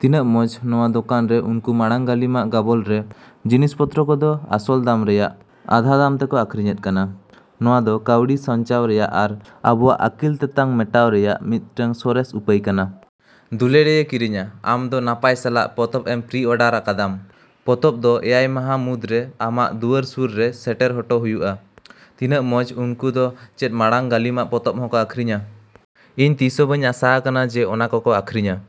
ᱛᱤᱱᱟᱜ ᱢᱚᱸᱡᱽ! ᱱᱚᱣᱟ ᱫᱚᱠᱟᱱ ᱨᱮ ᱩᱱᱠᱩ ᱢᱟᱲᱟᱝ ᱜᱟᱹᱞᱤᱢᱟᱜ ᱜᱚᱵᱚᱞᱨᱮ ᱡᱤᱱᱤᱥ ᱯᱚᱛᱨᱚ ᱠᱚᱫᱚ ᱟᱥᱚᱞ ᱫᱟᱢ ᱨᱮᱭᱟᱜ ᱟᱫᱷᱟ ᱫᱟᱢ ᱛᱮᱠᱚ ᱟᱹᱠᱷᱨᱤᱧ ᱮᱫ ᱠᱟᱱᱟ᱾ ᱱᱚᱣᱟ ᱫᱚ ᱠᱟᱹᱣᱰᱤ ᱥᱟᱧᱪᱟᱣ ᱨᱮᱭᱟᱜ ᱟᱨ ᱟᱵᱚᱣᱟᱜ ᱟᱹᱠᱤᱞ ᱛᱮᱛᱟᱝ ᱢᱮᱴᱟᱣ ᱨᱮᱭᱟᱜ ᱢᱤᱫᱴᱟᱝ ᱥᱚᱨᱮᱥ ᱩᱯᱟᱹᱭ ᱠᱟᱱᱟ᱾ ᱫᱩᱞᱟᱹᱲᱤᱭᱟᱹ ᱠᱤᱨᱤᱧᱤᱭᱟᱹ! ᱟᱢ ᱫᱚ ᱱᱟᱯᱟᱭ ᱥᱟᱞᱟᱜ ᱯᱛᱚᱵ ᱮᱢ ᱯᱨᱤᱼᱚᱰᱟᱨ ᱟᱠᱟᱫᱟᱢ ᱟᱨ ᱯᱚᱛᱚᱵ ᱫᱚ ᱮᱭᱟᱭ ᱢᱟᱦᱟ ᱢᱩᱫᱽᱨᱮ ᱟᱢᱟᱜ ᱫᱩᱣᱟᱹᱨ ᱥᱳᱨ ᱨᱮ ᱥᱮᱴᱮᱨ ᱦᱚᱴᱚ ᱦᱩᱭᱩᱜᱼᱟ᱾ ᱛᱤᱱᱟᱜ ᱢᱚᱸᱡᱽ! ᱩᱱᱠᱩ ᱫᱚ ᱪᱮᱫ ᱢᱟᱲᱟᱝ ᱜᱟᱹᱞᱤᱢᱟᱜ ᱯᱚᱛᱚᱵ ᱦᱚᱠᱚ ᱟᱹᱠᱷᱨᱤᱧᱟ᱾ ᱤᱧ ᱛᱤᱥᱦᱚ ᱵᱟᱹᱧ ᱟᱥᱟ ᱟᱠᱟᱱᱟ ᱡᱮ ᱚᱱᱟ ᱠᱚ ᱠᱚ ᱟᱹᱠᱷᱨᱤᱧᱟ᱾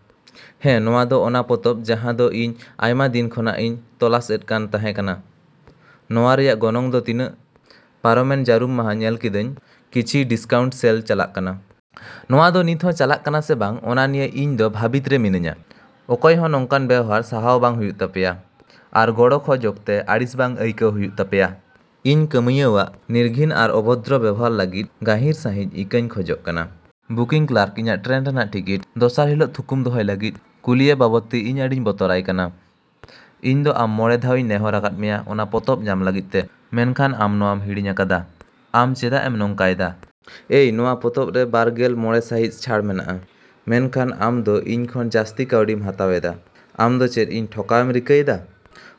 ᱦᱮᱸ! ᱱᱚᱣᱟ ᱫᱚ ᱚᱱᱟ ᱯᱚᱛᱚᱵ ᱡᱟᱦᱟ ᱫᱚ ᱤᱧ ᱟᱭᱢᱟ ᱫᱤᱱ ᱠᱷᱚᱱᱤᱧ ᱛᱚᱞᱟᱥ ᱮᱫ ᱠᱟᱱ ᱛᱟᱦᱮᱸ ᱠᱟᱱᱟ᱾ ᱱᱚᱣᱟ ᱨᱮᱭᱟᱜ ᱜᱚᱱᱚᱝ ᱫᱚ ᱛᱤᱱᱟᱹᱜ? ᱯᱟᱨᱚᱢᱮᱱ ᱡᱟᱹᱨᱩᱢ ᱢᱟᱦᱟ ᱧᱮᱞ ᱠᱮᱫᱟᱹᱧ ᱠᱤᱪᱷᱩ ᱰᱤᱥᱠᱟᱣᱩᱱᱴ ᱥᱮᱞ ᱪᱟᱞᱟᱜ ᱠᱟᱱᱟ᱾ ᱱᱚᱣᱟ ᱫᱚ ᱱᱤᱛᱦᱚᱸ ᱪᱟᱞᱟᱜ ᱠᱟᱱᱟ ᱥᱮ ᱵᱟᱝ ᱚᱱᱟ ᱱᱤᱭᱟᱹ ᱤᱧ ᱫᱚ ᱵᱷᱟᱹᱵᱤᱛ ᱨᱮ ᱢᱤᱱᱟᱹᱧᱟ᱾ ᱚᱠᱚᱭᱦᱚ ᱱᱚᱝᱠᱟᱱ ᱚᱵᱷᱚᱫᱨᱚ ᱵᱮᱣᱦᱟᱨ ᱥᱟᱦᱟᱣ ᱵᱟᱝ ᱦᱩᱭᱩᱜ ᱛᱟᱯᱮᱭᱟ ᱟᱨ ᱜᱚᱲᱚ ᱠᱷᱚᱡ ᱚᱠᱛᱮ ᱟᱹᱲᱤᱥ ᱵᱟᱝ ᱟᱹᱭᱠᱟᱹᱣ ᱦᱩᱭᱩᱜ ᱛᱟᱯᱮᱭᱟ᱾ ᱤᱧ ᱠᱟᱹᱢᱤᱭᱟᱹᱣᱟᱜ ᱱᱤᱨᱜᱷᱤᱱ ᱟᱨ ᱚᱵᱷᱚᱫᱨᱚ ᱵᱮᱣᱦᱟᱨ ᱞᱟᱹᱜᱤᱫ ᱜᱟᱹᱦᱤᱨ ᱥᱟᱹᱦᱤᱡ ᱤᱠᱟᱹᱧ ᱠᱷᱚᱡᱚᱜ ᱠᱟᱱᱟ᱾ ᱵᱩᱠᱤᱝ ᱠᱞᱟᱨᱠ ᱤᱧᱟᱜ ᱴᱨᱮᱱ ᱨᱮᱭᱟᱜ ᱴᱤᱠᱤᱴ ᱫᱚᱥᱟᱨ ᱦᱤᱞᱳᱜ ᱛᱷᱩᱠᱩᱢ ᱫᱚᱦᱚᱭ ᱞᱟᱹᱜᱤᱫ ᱠᱩᱞᱤᱭᱮ ᱵᱟᱵᱚᱫ ᱛᱮ ᱤᱧ ᱟᱹᱰᱤᱧ ᱵᱚᱛᱚᱨᱟᱭ ᱠᱟᱱᱟ᱾ ᱤᱧ ᱫᱚ ᱟᱢ ᱢᱚᱸᱬᱮ ᱫᱷᱟᱣ ᱤᱧ ᱱᱮᱦᱚᱨ ᱟᱠᱟᱫ ᱢᱮᱭᱟ ᱚᱱᱟ ᱯᱚᱛᱚᱵ ᱧᱟᱢ ᱞᱟᱹᱜᱤᱫ ᱛᱮ, ᱢᱮᱱᱠᱷᱟᱱ ᱟᱢ ᱱᱚᱣᱟᱢ ᱦᱤᱲᱤᱧ ᱟᱠᱟᱫᱟ, ᱟᱢ ᱪᱮᱫᱟᱜ ᱮᱢ ᱱᱚᱝᱠᱟᱭᱮᱫᱟ? ᱮᱭ! ᱱᱚᱣᱟ ᱯᱚᱛᱚᱵ ᱨᱮ ᱵᱟᱨ ᱜᱮᱞ ᱢᱚᱸᱬᱮ ᱥᱟᱭᱦᱤᱸᱥ ᱪᱷᱟᱹᱲ ᱢᱮᱱᱟᱜᱼᱟ, ᱢᱮᱱᱠᱷᱟᱱ ᱟᱢ ᱫᱚ ᱤᱧ ᱠᱷᱚᱱ ᱡᱟᱹᱥᱛᱤ ᱠᱟᱹᱣᱰᱤᱢ ᱦᱟᱛᱟᱣ ᱮᱫᱟ᱾ ᱟᱢ ᱫᱚ ᱪᱮᱫ ᱤᱧ ᱴᱷᱚᱠᱟᱣᱮᱢ ᱨᱤᱠᱟᱹᱭᱮᱫᱟ?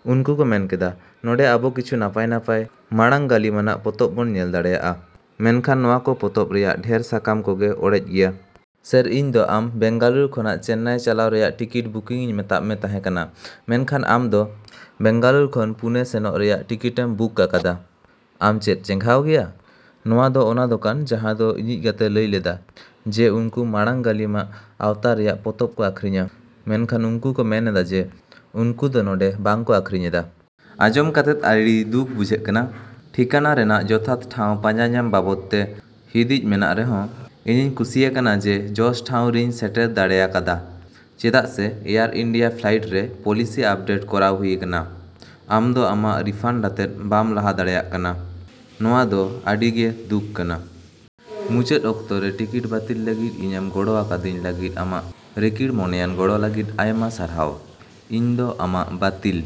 ᱩᱱᱠᱩ ᱠᱚ ᱢᱮᱱ ᱠᱮᱫᱟ, ᱱᱚᱰᱮᱸ ᱟᱵᱚ ᱠᱤᱪᱷᱩ ᱱᱟᱯᱟᱭ ᱱᱟᱯᱟᱭ ᱢᱟᱲᱟᱝ ᱜᱟᱹᱞᱤᱢᱟᱱᱟᱜ ᱯᱚᱛᱚᱵ ᱵᱚᱱ ᱧᱟᱢ ᱫᱟᱲᱮᱭᱟᱜᱼᱟ ᱢᱮᱱᱠᱷᱟᱱ ᱱᱚᱣᱟ ᱠᱚ ᱯᱚᱛᱚᱵ ᱨᱮᱭᱟᱜ ᱰᱷᱮᱨ ᱥᱟᱠᱟᱢ ᱠᱚᱜᱮ ᱚᱲᱮᱡ ᱜᱮᱭᱟ᱾ ᱥᱮᱹᱨ! ᱤᱧ ᱫᱚ ᱟᱢ ᱵᱮᱝᱜᱟᱞᱳᱨ ᱠᱷᱚᱱ ᱪᱮᱱᱱᱟᱭ ᱪᱟᱞᱟᱣ ᱨᱮᱭᱟᱜ ᱴᱤᱠᱤᱴ ᱵᱩᱠᱤᱝ ᱤᱧ ᱢᱮᱛᱟᱫ ᱢᱮ ᱛᱟᱦᱮᱸ ᱠᱟᱱᱟ ᱢᱮᱱ ᱠᱷᱟᱱ ᱟᱢ ᱫᱚ ᱵᱮᱝᱜᱟᱞᱳᱨ ᱠᱷᱚᱱ ᱯᱩᱱᱮ ᱥᱮᱱᱚᱜ ᱨᱮᱭᱟᱜ ᱴᱤᱠᱤᱴᱮᱢ ᱵᱩᱠ ᱟᱠᱟᱫᱟ᱾ ᱟᱢ ᱪᱮᱫ ᱪᱮᱸᱜᱷᱟᱣ ᱜᱮᱭᱟ? ᱱᱚᱶᱟ ᱫᱚ ᱚᱱᱟ ᱫᱳᱠᱟᱱ ᱡᱟᱦᱟᱸ ᱫᱚ ᱤᱧᱤᱡ ᱜᱟᱛᱮᱭ ᱞᱟᱹᱭ ᱞᱮᱫᱟ ᱡᱮ ᱩᱝᱠᱩ ᱢᱟᱲᱟᱝ ᱜᱟᱹᱞᱤᱢᱟᱜ ᱟᱣᱛᱟ ᱨᱮᱱᱟᱜ ᱯᱚᱛᱚᱵ ᱠᱚ ᱟᱹᱠᱷᱨᱤᱧᱼᱟ ᱢᱮᱱᱠᱷᱟᱱ ᱩᱱᱠᱩ ᱠᱚ ᱢᱮᱱ ᱮᱫᱟ ᱡᱮ ᱩᱝᱠᱩ ᱫᱚ ᱱᱚᱰᱮᱸ ᱵᱟᱝ ᱠᱚ ᱟᱹᱠᱷᱨᱤᱧ ᱮᱫᱟ᱾ ᱟᱸᱡᱚᱢ ᱠᱟᱛᱮᱫ ᱟᱹᱰᱤ ᱫᱩᱠᱷ ᱵᱩᱡᱷᱟᱹᱜ ᱠᱟᱱᱟ᱾ ᱴᱷᱤᱠᱟᱹᱱᱟ ᱨᱮᱭᱟᱜ ᱡᱚᱛᱷᱟᱛ ᱴᱷᱟᱶ ᱯᱟᱸᱡᱟᱧᱟᱢ ᱵᱟᱵᱚᱫ ᱛᱮ ᱦᱤᱸᱫᱤᱡ ᱢᱮᱱᱟᱜ ᱨᱮᱦᱚ, ᱤᱧᱤᱧ ᱠᱩᱥᱤ ᱟᱠᱟᱱᱟ ᱡᱮ ᱡᱚᱥ ᱴᱷᱟᱶ ᱨᱮᱧ ᱥᱮᱴᱮᱨ ᱰᱟᱲᱮ ᱟᱠᱟᱫᱟ᱾ ᱪᱮᱫᱟᱜ ᱥᱮ ᱮᱭᱟᱨ ᱤᱱᱰᱤᱭᱟ ᱯᱷᱞᱟᱭᱤᱴ ᱨᱮ ᱯᱚᱞᱤᱥᱤ ᱟᱯᱰᱮᱴ ᱠᱚᱨᱟᱣ ᱦᱩᱭᱟᱠᱟᱱᱟ, ᱟᱢ ᱫᱚ ᱟᱢᱟᱜ ᱨᱤᱯᱷᱟᱱᱰ ᱟᱛᱮᱫ ᱵᱟᱢ ᱞᱟᱦᱟ ᱫᱟᱲᱮᱭᱟᱜ ᱠᱟᱱᱟ, ᱱᱚᱣᱟ ᱫᱚ ᱟᱹᱰᱤ ᱜᱮ ᱫᱩᱠᱷ ᱟᱱᱟᱜ᱾ ᱢᱩᱪᱟᱹᱫ ᱚᱠᱛᱚ ᱨᱮ ᱴᱤᱠᱤᱴ ᱵᱟᱹᱛᱤᱞ ᱞᱟᱹᱜᱤᱫ ᱤᱧᱮᱢ ᱜᱚᱲᱚ ᱟᱠᱟᱫᱤᱧ ᱞᱟᱹᱜᱤᱫ ᱟᱢᱟᱜ ᱨᱤᱠᱤᱲ ᱢᱚᱱᱮᱭᱟᱱ ᱜᱚᱲᱚ ᱞᱟᱹᱜᱤᱫ ᱟᱭᱢᱟ ᱥᱟᱨᱦᱟᱣ, ᱤᱧ ᱫᱚ ᱟᱢᱟᱜ ᱵᱟᱹᱛᱤᱞᱼᱼ